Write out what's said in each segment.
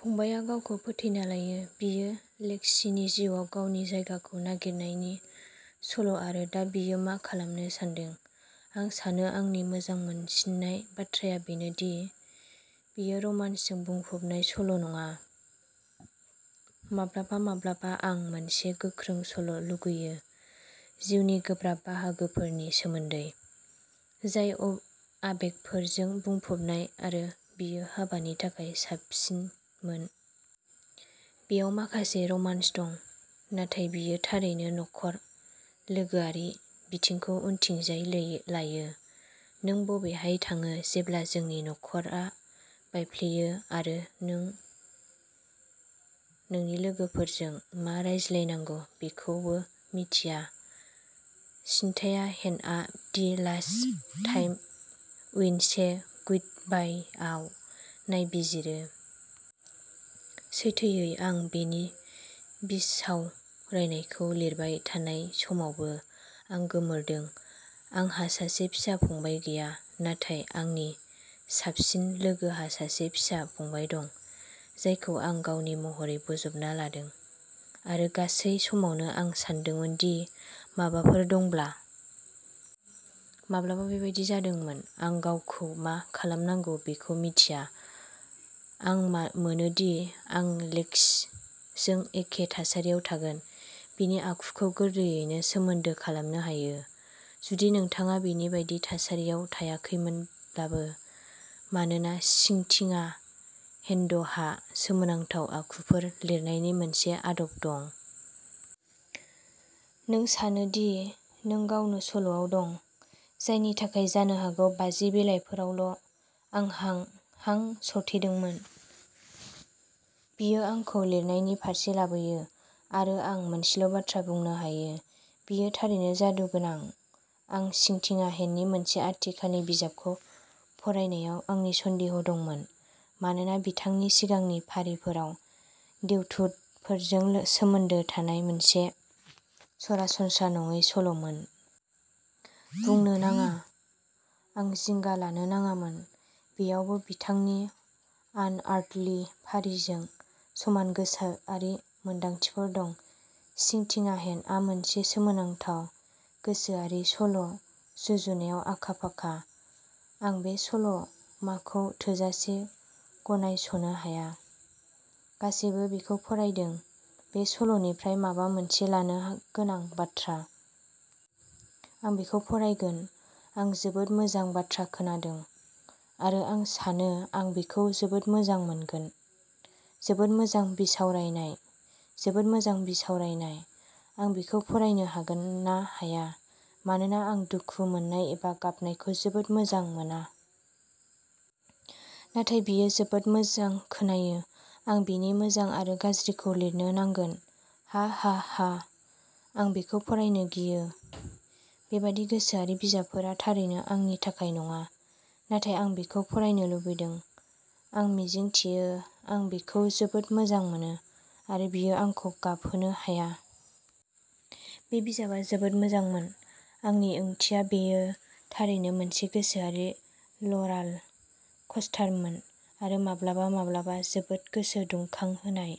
फंबायआ गावखौ फोथैना लायो। बेयो लेक्सीनि जिउआव गावनि जायगाखौ नागिरनायनि सल'आरो दा बियो मा खालामनो सानदों। आं सानो आंनि मोजां मोनसिननाय बाथ्राया बेनो दि बेयो रमान्सजों बुंफबनाय सल'नङा। माब्लाबा माब्लाबा आं मोनसे गोख्रों सल'लुगैयो, जिउनि गोब्राब बाहागोफोरनि सोमोन्दै, जाय आबेगफोरजों बुंफबनाय, आरो बेयो हाबानि थाखाय साबसिनमोन। बेयाव माखासे रमान्स दं नाथाय बेयो थारैनो नखर/लोगोआरि बिथिंखौ उनथिंजाय लायो। नों बबेहाय थाङो जेब्ला नोंनि नखरा बायफ्लेयो आरो नों नोंनि लोगोफोरजों मा रायज्लायनांगौ बेखौबो मिथिया? सिन्थिया हेन्डआ the last time we said गुडबायआव नायबिजिरो। सैथोयै, आं बे बिसावरायनायखौ लिरबाय थानाय समावबो, आं गोमोरदों। आंहा सासे फिसा फंबाय गैया, नाथाय आंनि साबसिन लोगोहा सासे फिसा फंबाय दं जायखौ आं गावनि महरै बोजबना लादों आरो गासै समावनो आं सानदोंमोन दि माबाफोर दंब्ला। माब्लाबा बेबायदि जादोंमोन आं गावखौ मा खालामनांगौ बेखौ मिन्थिया। आं मोनोदि आं लेक्सिजों एखे थासारियाव थागोन। बिनि आखुखौ गोरलैयैनो सोमोन्दो खालामनो हायो, जुदि नोंथाङा बिनि बायदि थासारियाव थायाखैब्लाबो मानोना सिंथिया हेन्डहा सोमोनांथाव आखुफोर लिरनायनि मोनसे आदब दं। नों सानो दि नों गावनो सल'आव दं, जायनि थाखाय जानो हागौ बाजि बिलाइफोरावल'आं हां सरथेदोंमोन। बेयो आंखौ लिरनायनि फारसे लाबोयो, आरो आं मोनसेल'बाथ्रा बुंनो हायो। बेयो थारैनो जादुगोनां। आं सिंथिया हेन्डनि मोनसे आथिखालनि बिजाबखौ फरायनायाव आंनि सन्देह दंमोन मानोना बिथांनि सिगांनि फारिफोरा देवदुतफोरजों सोमोन्दो थानाय मोनसे सरासनस्रा नङै सल'मोन। बुंनो नाङा, आं जिंगा लानो नाङामोन। बेयावबो बिथांनि आनआर्थलि फारिजों समान गोसोआरि मोनदांथिफोर दं। सिंथिया हेन्डआ मोनसे सोमोनांथाव गोसोआरि सल'सुजुनायाव आखा-फाखा। आं बे सल'माखौ थोजासे गनायस'नो हाया। गासैबो बेखौ फरायदों। बे सल'निफ्राय माबा मोनसे लानो गोनां बाथ्रा। आं बेखौ फरायगोन, आं जोबोद मोजां बाथ्रा खोनादों आरो आं सानो आं बेखौ जोबोद मोजां मोनगोन!: जोबोद मोजां बिसावरायनाय! जोबोद मोजां बिसावरायनाय! आं बेखौ फरायनो हागोन ना हाया, मानोना आं दुखु मोननाय एबा गाबनायखौ जोबोद मोजां मोना। नाथाय बेयो जोबोद मोजां खोनायो। आं बेनि मोजां आरो गाज्रिखौ लिरनो नांगोन, हाहाहा। आं बेखौ फरायनो गियो। बेबादि गोसोआरि बिजाबफोरा थारैनो आंनि थाखाय नङा। नाथाय आं बेखौ फरायनो लुबैदों। आं मिजिंथियो आं बेखौबो जोबोद मोजां मोनो आरो बेयो आंखौ गाबहोनो हाया। बे बिजाबआ जोबोद मोजांमोन! आंनि ओंथिया, बेयो थारैनो मोनसे गोसोआरि रलार कस्टारमोन। आरो माब्लाबा माब्लाबा जोबोद गोसो दुंखांहोनाय।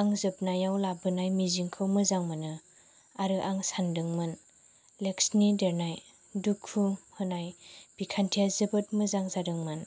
आं जोबनायाव लाबोनाय मिजिंखौ मोजां मोनो। आरो आं सानदोंमोन लेक्सनि देरनाय/दुखु होनाय बिखान्थिया जोबोद मोजां जादोंमोन।